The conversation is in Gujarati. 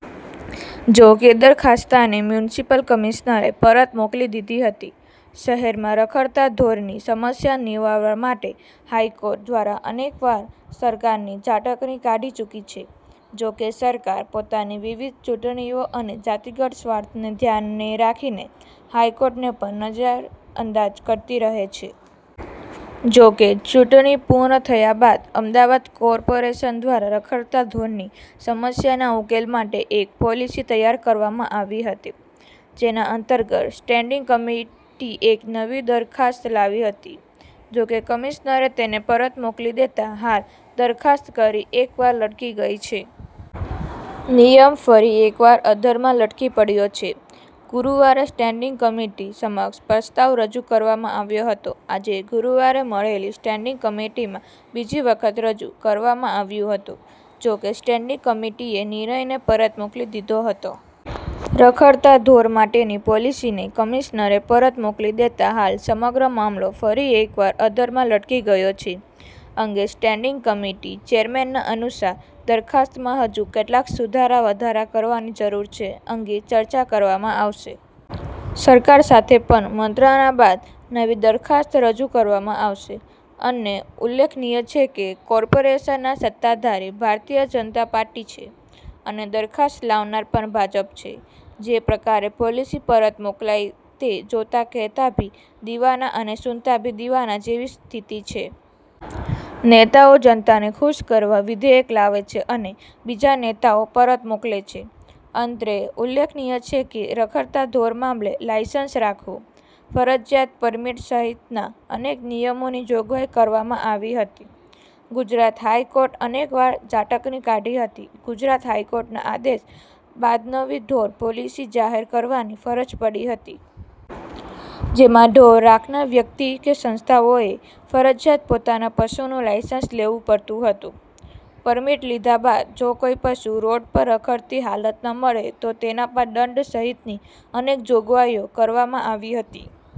જો કેદરખાસ્તને મ્યુનિસિપલ કમિશનરે પરત મોકલી દીધી હતી. શહેરમાં રખડતા ઢોરની સમસ્યા નિવારવા માટે હાઇકોર્ટ દ્વારા અનેકવાર સરકારની ઝાટકણી કાઢી ચુકી છે. જો કે સરકાર પોતાની વિવિધ ચૂંટણીઓ અને જાતીગત સ્વાર્થને ધ્યાને રાખીને હાઇકોર્ટને પણ નજર અંદાજ કરતી રહે છે. જો કે ચૂંટણી પુર્ણ થયા બાદ અમદાવાદ કોર્પોરેશન દ્વારા રખડતા ઢોરની સમસ્યાના ઉકેલ માટે એક પોલિસી તૈયાર કરવામાં આવી હતી. જેના અંતર્ગત સ્ટેન્ડિંગ કમિટી એક નવી દરખાસ્ત લાવી હતી. જો કે કમિશ્નરે તેને પરત મોકલી દેતા હાલ દરખાસ્ત ફરી એકવાર લટકી ગઇ છે. નિયમ ફરી એકવાર અધરમાં લટકી પડ્યો છે. ગુરૂવારે સ્ટેન્ડિંગ કમિટી સમક્ષ પ્રસ્તાવ રજુ કરવામાં આવ્યો હતો આજે ગુરુવારે મળેલી સ્ટેન્ડિંગ કમિટીમાં બીજી વખતરજુ કરવામાં આવ્યું હતું. જો કે સ્ટેન્ડિંગ કમિટીએનિર્ણયને પરત મોકલી દીધો હતો. રખડતા ઢોર માટેની પોલીસીને કમિશનરે પરત મોકલી દેતા હાલ સમગ્ર મામલો ફરી એકવાર અધરમાં લટકી ગયો છે. અંગે સ્ટેન્ડિંગ કમિટી ચેરમેનના અનુસાર દરખાસ્તમાં હજુ કેટલાક સુધારા વધારા કરવાની જરૂર છે. અંગે ચર્ચા કરવામાં આવશે. સરકાર સાથે પણ મંત્રણા બાદ નવી દરખાસ્ત રજુ કરવામાં આવશે. અત્રે ઉલ્લેખનીય છે કે, કોર્પોરેશનના સત્તાધારી ભારતીય જનતા પાર્ટીછે અને દરખાસ્ત લાવનાર પણ ભાજપછે. જે પ્રકારે પોલિસી પરત મોકલાઇ તે જોતા કહેતા ભી દિવાના અને સુનતા ભી દિવાના જેવી સ્થિતિ છે. નેતાઓજનતાને ખુશ કરવા વિધેયક લાવે છે અને બીજા નેતાઓ પરત મોકલે છે. અત્રે ઉલ્લેખનીય છે કે રખડતાં ઢોર મામલે લાયસન્સ રાખવું, ફરજિયાત પરમીટ સહિતના અનેક નિયમોની જોગવાઇ કરવામાં આવી હતી. ગુજરાત હાઇકોર્ટે અનેકવાર ઝાટકણી કાઢી હતી ગુજરાત હાઇકોર્ટના આદેશ બાદનવી ઢોર પોલીસી જાહેર કરવાની ફરજ પડી હતી. જેમાં ઢોર રાખનાર વ્યક્તિ કે સંસ્થાઓએ ફરજીયાત પોતાના પશુનું લાયસન્સ લેવું પડતું હતું. પરમીટ લીધા બાદ જો કોઇ પશુ રોડ પર રખડતી હાલતમાં મળે તો તેના પર દંડ સહિતની અનેગ જોગવાઇઓ કરવામાં આવી હતી.